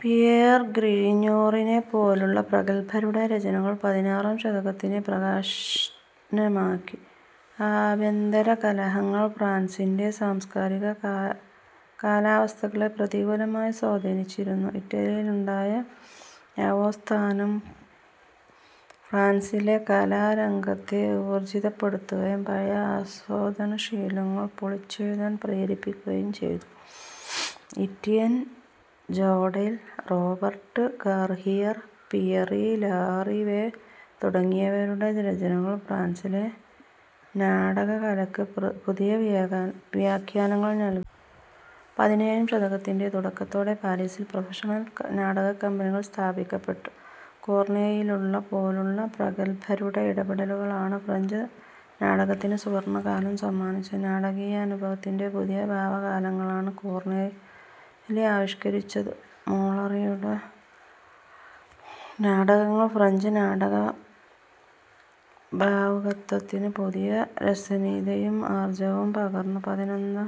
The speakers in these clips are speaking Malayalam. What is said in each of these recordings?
പിയേർ ഗ്രിഞ്ഞോറിനെപ്പോലുള്ള പ്രഗല്ഭരുടെ രചനകൾ പതിനാറാം ശതകത്തിനെ പ്രകാശമാനമാക്കി. ആഭ്യന്തരകലഹങ്ങൾ ഫ്രാൻസിന്റെ സാംസ്കാരിക കാലാവസ്ഥകളെ പ്രതികൂലമായി സ്വാധീനിച്ചിരുന്നു. ഇറ്റലിയിലുണ്ടായ നവോത്ഥാനം ഫ്രാൻസിലെ കലാരംഗത്തെ ഊർജ്ജിതപ്പെടുത്തുകയും പഴയ ആസ്വാദനശീലങ്ങൾ പൊളിച്ചെഴുതാൻ പ്രേരിപ്പിക്കുകയും ചെയ്തു. Etienne Jodelle, Robert Garnier, Pierre Larivey തുടങ്ങിയവരുടെ രചനകൾ ഫ്രാൻസിലെ നാടകകലയ്ക്ക് പുതിയ വ്യാഖ്യാനങ്ങൾ നല്കി. പതിനേഴാം ശതകത്തിന്റെ തുടക്കത്തോടെ പാരിസിൽ പ്രൊഫഷണൽ നാടകക്കമ്പനികൾ സ്ഥാപിക്കപ്പെട്ടു. കോർണേലിയെ പോലുള്ള പ്രഗല്ഭരുടെ ഇടപെടലുകളാണ് ഫ്രഞ്ച് നാടകത്തിന് സുവർണകാലം സമ്മാനിച്ചത്. നാടകീയാനുഭവത്തിന്റെ പുതിയ ഭാവകാലങ്ങളാണ് കോർണേലി ആവിഷ്കരിച്ചത്. മോളിയറുടെ നാടകങ്ങൾ ഫ്രഞ്ച് നാടകഭാവുകത്വത്തിന് പുതിയ രസനീയതയും ആർജവവും പകർന്നു.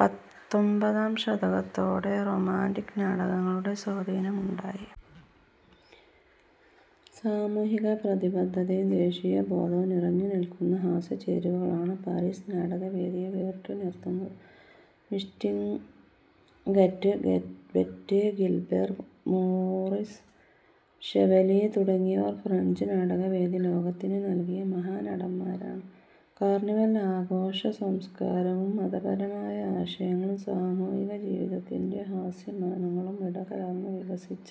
പത്തൊനപതാം ശതകത്തോടെ റൊമാന്റിക് നാടകങ്ങളുടെ സ്വാധീനമുണ്ടായി. സാമൂഹ്യപ്രതിബദ്ധതയും ദേശീയബോധവും നിറഞ്ഞുനില്ക്കുന്ന ഹാസ്യചേരുവകളാണ് പാരിസ് നാടകവേദിയെ വേറിട്ടുനിർത്തുന്നത്. Mistinguett Yvette Guilbert, Maurice Chevalier തുടങ്ങിയവർ ഫ്രഞ്ച് നാടകവേദി ലോകത്തിന് നല്കിയ മഹാനടന്മാരാണ്. കാർണിവൽ ആഘോഷസംസ്കാരവും മതപരമായ ആശയങ്ങളും സാമൂഹികജീവിതത്തിന്റെ ഹാസ്യമാനങ്ങളും ഇടകലർന്നു വികസിച്ച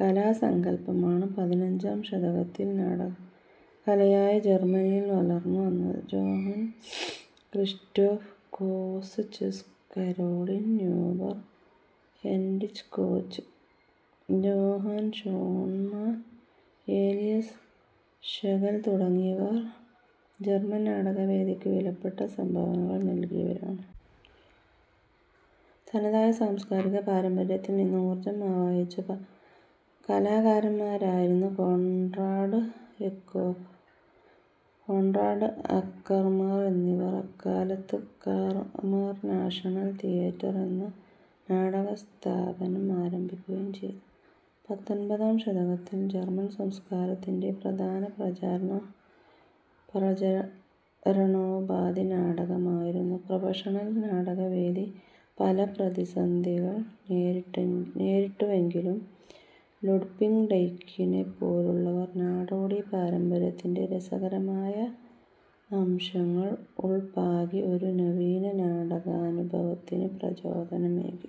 കലാസങ്കല്പമാണ് പതിനഞ്ചാം ശതകത്തിൽ നാടകകലയായി ജർമനിയിൽ വളർന്നുവന്നത്. ജോഹൻ ക്രിസ്റ്റോഫ് ഗോസ്സ്ചെസ്, Caroline Neuber, Heinrich Koch, Johann Schonemann, Elias Schlegel തുടങ്ങിയവർ ജർമൻ നാടകവേദിക്ക് വിലപ്പെട്ട സംഭാവനകൾ നല്കിയവരാണ്. തനതായ സാംസ്കാരിക പാരമ്പര്യത്തിൽനിന്ന് ഊർജ്ജം ആവാഹിച്ച കലാകാരന്മാരായിരുന്നു കോൺറാഡ് എക്കോഫ്, കോൺറാഡ് അക്കർമാൻ എന്നിവർ. അക്കാലത്ത് അക്കർമാൻ 'നാഷണൽ തിയേറ്റർ' എന്ന നാടകസ്ഥാപനം ആരംഭിക്കുകയും ചെയ്തു. പത്തൊൻപതാം ശതകത്തിൽ ജർമൻ സംസ്കാരത്തിന്റെ പ്രധാന പ്രചരണോപാധി നാടകമായിരുന്നു. പ്രൊഫഷണൽ നാടകവേദി പല പ്രതിസന്ധികൾ നേരിട്ടുവെങ്കിലും ലുഡ്പിങ് ടൈക്കിനെപ്പോലുള്ളവർ നാടോടി പാരമ്പര്യത്തിന്റെ രസകരമായ അംശങ്ങൾ ഉൾപാകി, ഒരു നവീന നാടകാനുഭവത്തിന് പ്രചോദനമേകി.